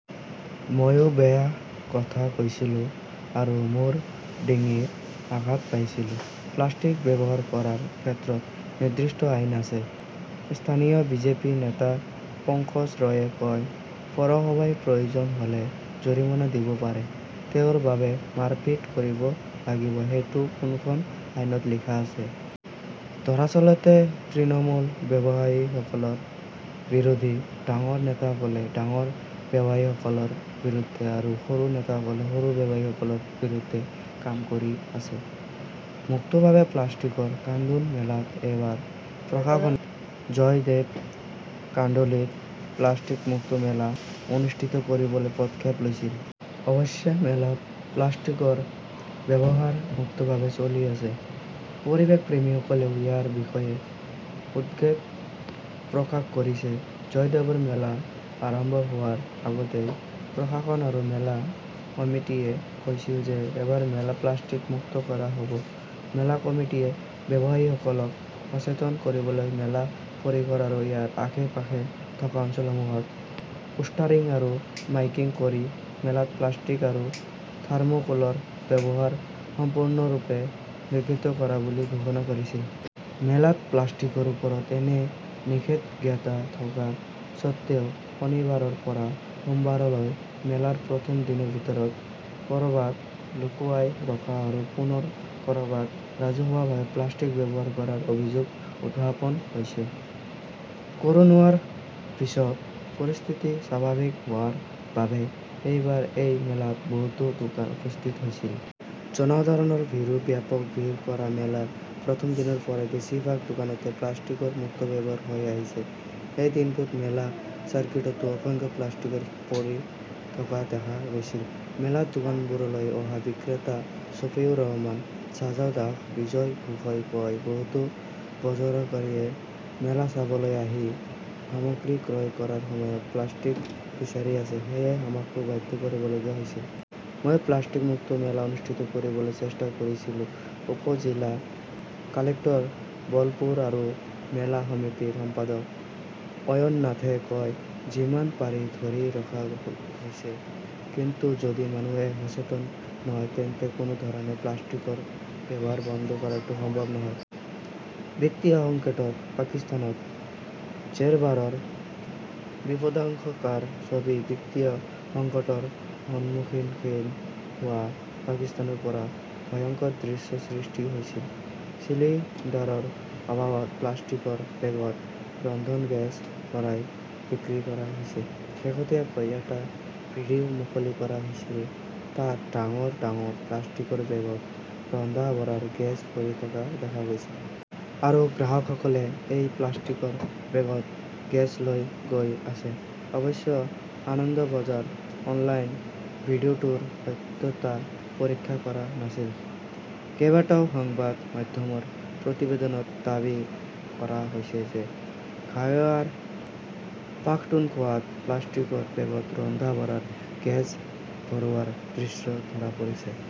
মইও বেয়া কথা কৈছিলোঁ আৰু মোৰ ডিঙিত আঘাত পাইছিলোঁ। প্লাষ্টিক ব্যৱহাৰ কৰাৰ ক্ষেত্ৰত নিৰ্দিষ্ট আইন আছে, স্থানীয় বিজেপি নেতা পঙ্কজ ৰয়ে কয়। পৌৰসভাই প্ৰয়োজন হ'লে জৰিমনা দিব পাৰে। তেওঁৰ বাবে মাৰপিট কৰিব লাগিব সেইটো কোনখন আইনত লিখা আছে? দৰাচলতে তৃণমূল ব্যৱসায়ীসকলৰ বিৰোধী। ডাঙৰ নেতাসকলে ডাঙৰ ব্যৱসায়ীসকলৰ বিৰুদ্ধে আৰু সৰু নেতাসকলে সৰু ব্যৱসায়ীসকলৰ বিৰুদ্ধে কাম কৰি আছে। মুক্তভাৱে প্লাষ্টিকৰ কান্দোন মেলাত এইবাৰ প্ৰশাসনে জয়দেৱ কাণ্ডুলিত প্লাষ্টিক মুক্ত মেলা অনুষ্ঠিত কৰিবলৈ পদক্ষেপ লৈছিল। অৱশ্যে, মেলাত প্লাষ্টিকৰ ব্যৱহাৰ মুক্তভাৱে চলি আছে। পৰিৱেশপ্ৰেমীসকলেও ইয়াৰ বিষয়ে উদ্বেগ প্ৰকাশ কৰিছে। জয়দেৱৰ মেলা আৰম্ভ হোৱাৰ আগতেই প্ৰশাসন আৰু মেলা সমিতিয়ে কৈছিল যে এইবাৰ মেলা প্লাষ্টিক মুক্ত কৰা হ'ব। মেলা কমিটীয়ে ব্যৱসায়ীসকলক সচেতন কৰিবলৈ মেলা পৰিসৰ আৰু ইয়াৰ আশে-পাশে থকা অঞ্চলসমূহত পোষ্টাৰিং আৰু মাইকিং কৰি মেলাত প্লাষ্টিক আৰু থাৰ্মোকোলৰ ব্যৱহাৰ সম্পূৰ্ণৰূপে নিষিদ্ধ কৰা বুলি ঘোষণা কৰিছিল। মেলাত প্লাষ্টিকৰ ওপৰত এনে নিষেধাজ্ঞা থকা স্বত্বেও, শনিবাৰৰ পৰা সোমবাৰলৈ মেলাৰ প্ৰথম দিনৰ ভিতৰত ক'ৰবাত লুকুৱাই ৰখা আৰু পুনৰ ক'ৰবাত ৰাজহুৱাভাৱে প্লাষ্টিক ব্যৱহাৰ কৰাৰ অভিযোগ উত্থাপন হৈছে। ক'ৰোনাৰ পিছত পৰিস্থিতি স্বাভাৱিক হোৱাৰ বাবে এইবাৰ এই মেলাত বহুতো দোকান উপস্থিত হৈছিল। জনসাধাৰণৰ ভিৰো ব্যাপক। ভিৰ কৰা মেলাৰ প্ৰথম দিনৰ পৰাই বেছিভাগ দোকানতে প্লাষ্টিকৰ মুক্ত ব্যৱহাৰ হৈ আহিছে। এই দিনটোত মেলা চাৰ্কিটতো অসংখ্য প্লাষ্টিক পৰি থকা দেখা গৈছিল। মেলাত দোকানবোৰলৈ অহা বিক্ৰেতা শ্বফিউৰ ৰহমান, ছাজাল দাস, বিজয় ঘোষই কয়, বহুতো বজাৰকাৰীয়ে মেলা চাবলৈ আহি সামগ্ৰী ক্ৰয় কৰাৰ সময়ত প্লাষ্টিক বিচাৰি আছে, সেয়েহে আমাকো বাধ্য কৰিবলগীয়া হৈছে। মই প্লাষ্টিক মুক্ত মেলা অনুষ্ঠিত কৰিবলৈ চেষ্টা কৰিছিলো, উপ-জিলা কালেক্টৰ বলপুৰ আৰু মেলা সমিতিৰ সম্পাদক অয়ননাথে কয়। যিমান পাৰি ধৰি ৰখা হৈছে। কিন্তু যদি মানুহে সচেতন নহয় তেন্তে কোনো ধৰণে প্লাষ্টিকৰ ব্যৱহাৰ বন্ধ কৰাটো সম্ভৱ নহয়। বিত্তীয় সংকটত পাকিস্তানত জেৰবাৰৰ বিপদাশংকাৰ ছবি বিত্তীয় সংকটৰ সন্মুখীন হোৱা পাকিস্তানৰ পৰা ভয়ংকৰ দৃশ্যৰ সৃষ্টি হৈছিল। চিলিণ্ডাৰৰ অভাৱত প্লাষ্টিকৰ বেগত ৰন্ধন গেছ ভৰাই বিক্ৰী কৰা হৈছে। শেহতীয়াকৈ এটা ভিডিঅ মুকলি কৰা হৈছিল। তাত ডাঙৰ ডাঙৰ প্লাষ্টিকৰ বেগত ৰন্ধা-বঢ়াৰ গেছ ভৰি থকা দেখা গৈছে। আৰু গ্ৰাহকসকলে সেই প্লাষ্টিকৰ বেগত গেছ লৈ গৈ আছে! অৱশ্যে আনন্দবাজাৰ অনলাইন ভিডিঅটোৰ সত্যতা পৰীক্ষা কৰা নাছিল। কেইবাটাও সংবাদ মাধ্যমৰ প্ৰতিবেদনত দাবী কৰা হৈছে যে খাৱেবাৰ পাখতুনখোৱাত প্লাষ্টিকৰ বেগত ৰন্ধা-বঢ়াৰ গেছ ভৰোৱাৰ দৃশ্য ধৰা পৰিছে।